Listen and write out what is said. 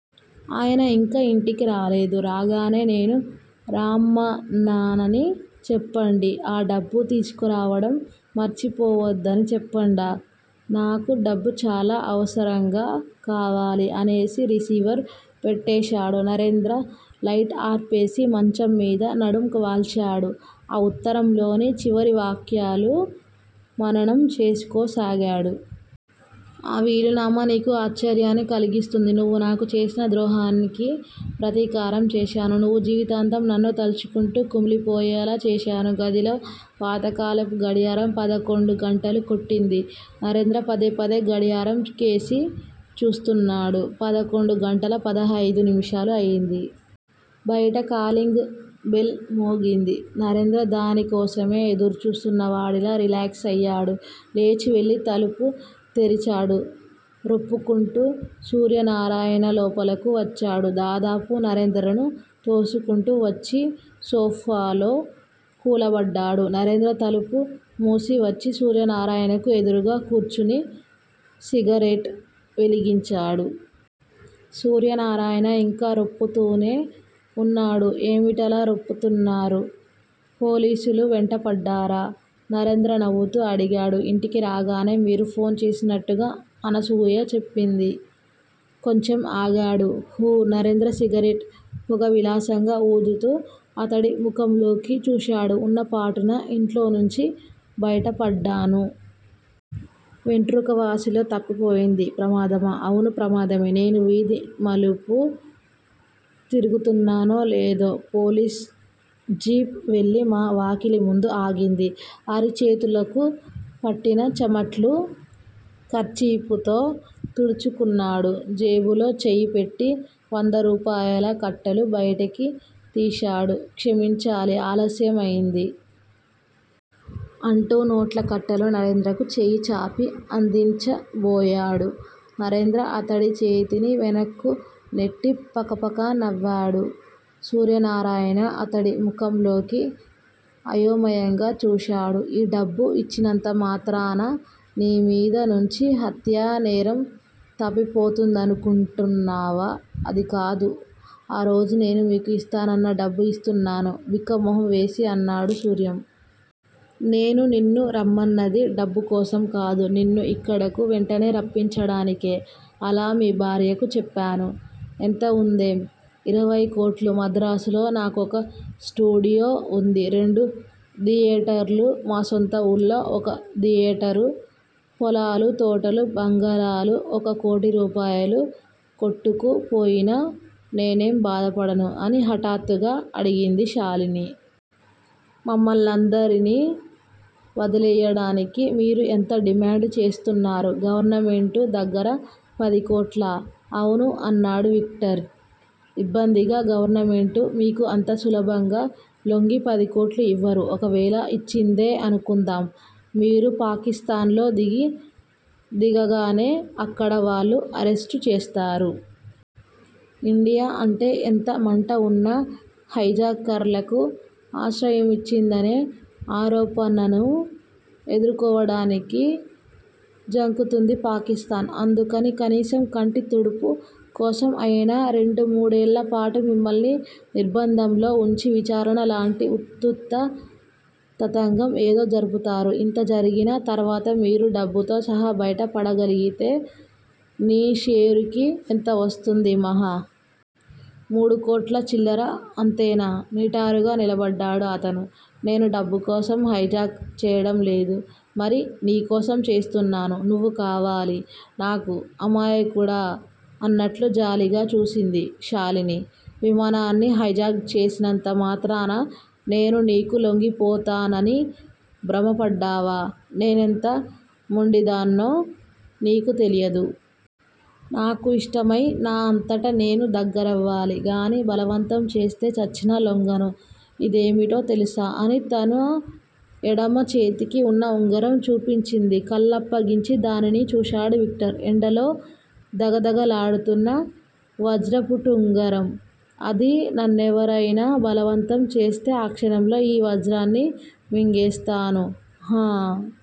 ఆయన ఇంకా ఇంటికి రాలేదు. రాగానే నేను రామ్మన్నానని చెప్పండి. అ డబ్బు తిసుకురావడం మర్చిపోవద్దని చెప్పండ. నాకు డబ్బు చాలా అవసరంగా కావాలి అనేసి రిసీవర్ పెట్టేశాడు నరేంద్ర. లైట్ ఆర్పేసి మంచంమీద నడుం వాల్చాడు. ఆ ఉత్తరంలోని చివరి వాక్యాలు మననం చేసుకోసాగాడు. ఆ వీలునామా నీకు ఆశ్చర్యాన్ని కలిగిస్తుంది. నువ్వు నాకు చేసిన ద్రోహానికి ప్రతీకారం చేశాను. నువ్వు జీవితాంతం నన్ను తల్చుకుంటూ కుమిలిపోయేలా చేశాను. గదిలో పాతకాలపు గడియారం పదకొండు గంటలు కొట్టింది. నరేంద్ర పదేపదే గడియారం కేసి చూస్తున్నాడు. పదకొండు గంటల పదహైదు నిమిషాలు అయింది. బయట కాలింగ్ బెల్ మోగింది. నరేంద్ర దాని కోసమే ఎదురుచుస్తున్నవాడిలా రిలాక్స్ అయ్యాడు లేచి వెళ్ళి తలుపు తెరిచాడు. రొప్పుకుంటూ సూర్యనారాయణ లోపలకు వచ్చాడు దాదాపు నరేంద్రను తోసుకుంటూ వచ్చి సోఫాలో కూలబడ్డాడు. నరేంద్ర తలుపు మూసి వచ్చి సూర్యనారాయణకు ఎదురుగా కూర్చుని సిగరెట్ వెలిగించాడు. సూర్యనారాయణ ఇంకా రొప్పుతూనే ఉన్నాడు. ఏమిటలా రొప్పుతున్నారు? పోలీసులు వెంటపడ్డారా? నరేంద్ర నవ్వుతూ అడిగాడు. ఇంటికి రాగానే మీరు ఫోన్ చేసినట్టుగా అనసూయ చెప్పింది కొంచెం ఆగాడు. ఊ నరేంద్ర సిగరెట్ పొగ విలాసంగా ఊదుతూ అతడి ముఖంలోకి చూశాడు. ఉన్న పాటున ఇంట్లో నుంచి బయటపడ్డాను. వెంట్రుక వాసిలో తప్పిపోయింది. ప్రమాదమా? అవును. ప్రమాదమే. నేను వీధి మలుపు తిరుగుతున్నానో లేదో పోలీస్ జీప్ వెళ్ళి మా వాకిలి ముందు ఆగింది. అరిచేతులకు పట్టిన చమట్లు కర్చీపుతో తుడుచుకున్నాడు. జేబులో చెయ్యి పెట్టి వందరూపాయల కట్టలు బయటికి తీశాడు. క్షమించాలి. ఆలస్యం అయింది. అంటూ నోట్ల కట్టలు నరేంద్రకు చేయ్యి చాపి అందించబోయాడు. నరేంద్ర అతడి చేతిని వెనక్కు నెట్టి పకపక నవ్వాడు. సూర్యనారాయణ అతడి ముఖం లోకి అయోమయంగా చూశాడు. ఈ డబ్బు ఇచ్చినంత మాత్రాన నీ మీద నుంచి హత్యా నేరం తప్పిపోతుందనుకొంటున్నావా? అది కాదు. ఆ రోజు నేను మీకు ఇస్తానన్న డబ్బు ఇస్తున్నాను బిక్క మొహం వేసి అన్నాడు సూర్యం. నేను నిన్ను రమ్మనది డబ్బుకోసం కాదు. నిన్ను ఇక్కడకు వెంటనే రప్పించడానికే అలా మీ భార్యకు చెప్పాను. ఎంత ఉందేం? ఇరవై కోట్లు! మద్రాసులో నాకొక స్టూడియో వుంది. రెండు థియేటర్లు. మా సొంత ఊళ్ళో ఒక థియేటరు. పొలాలు, తోటలు, బంగళాలు ఒక కోటి రూపాయలు కొట్టుకు పోయినా నేనేం బాధపడను అని హఠాత్తుగా అడిగింది శాలిని. మమ్మల్నందరినీ వదిలెయ్యాడానికి మీరు ఎంత డిమాండ్ చేస్తున్నారు గవర్నమెంటు దగ్గర? పది కోట్లా? అవును అన్నాడు విక్టర్ ఇబ్బందిగా. గవర్నమెంటు మీకు అంత సులభంగా లొంగి పదికోట్లు ఇవ్వరు. ఒకవేళ ఇచ్చిందే అనుకుందాం. మీరు పాకిస్తాన్ లో దిగీ దిగగానే అక్కడ వాళ్ళు అరెస్టు చేస్తారు. ఇండియా అంటే ఎంత మంట ఉన్నా, హైజాకర్లకు ఆశ్రయమిచ్చిందనే ఆరోపణను ఎదుర్కోవడానికి జంకుతుంది పాకిస్తాన్. అందుకని, కనీసం కంటి తుడుపు కోసం అయినా రెండు మూడేళ్ళ పాటు మిమ్మల్ని నిర్భంధంలో ఉంచి విచారణ లాంటి ఉత్తుత్త తతంగం ఏదో జరుపుతారు. ఇంత జరిగిన తర్వాత మీరు డబ్బుతో సహా బయట పడగలిగితే నీ షేరుకి ఎంత వస్తుంది మహా! మూడు కోట్ల చిల్లర! అంతేనా? నిటారుగా నిలబడ్డాడు అతను. నేను డబ్బుకోసం హైజాక్ చెయ్యడం లేదు. మరి? నీ కోసం చేస్తున్నాను. నువ్వు కావాలి నాకు. అమాయకుడా! అన్నట్లు జాలిగా చూసింది శాలిని. విమానాన్ని హైజాక్ చేసినంత మాత్రాన నేను నీకు లొంగిపోతానని భ్రమపడ్డావా? నేనెంత మొండిదాన్నో నీకు తెలియదు. నాకు ఇష్టమై నా అంతట నేను దగ్గరవ్వాలి గానీ బలవంతం చేస్తే చచ్చినా లొంగను. ఇదేమిటో తెలుసా! అని తన ఎడమ చేతికి ఉన్న ఉంగరం చూపించింది. కళ్ళప్పగించి దానిని చూశాడు విక్టర్. ఎండలో ధగధగలాడుతున్న వజ్రపుటుంగరం అది. నన్నెవరైనా బలవంతం చేస్తే, క్షణంలో ఈ వజ్రాన్ని మింగేస్తాను. ఆ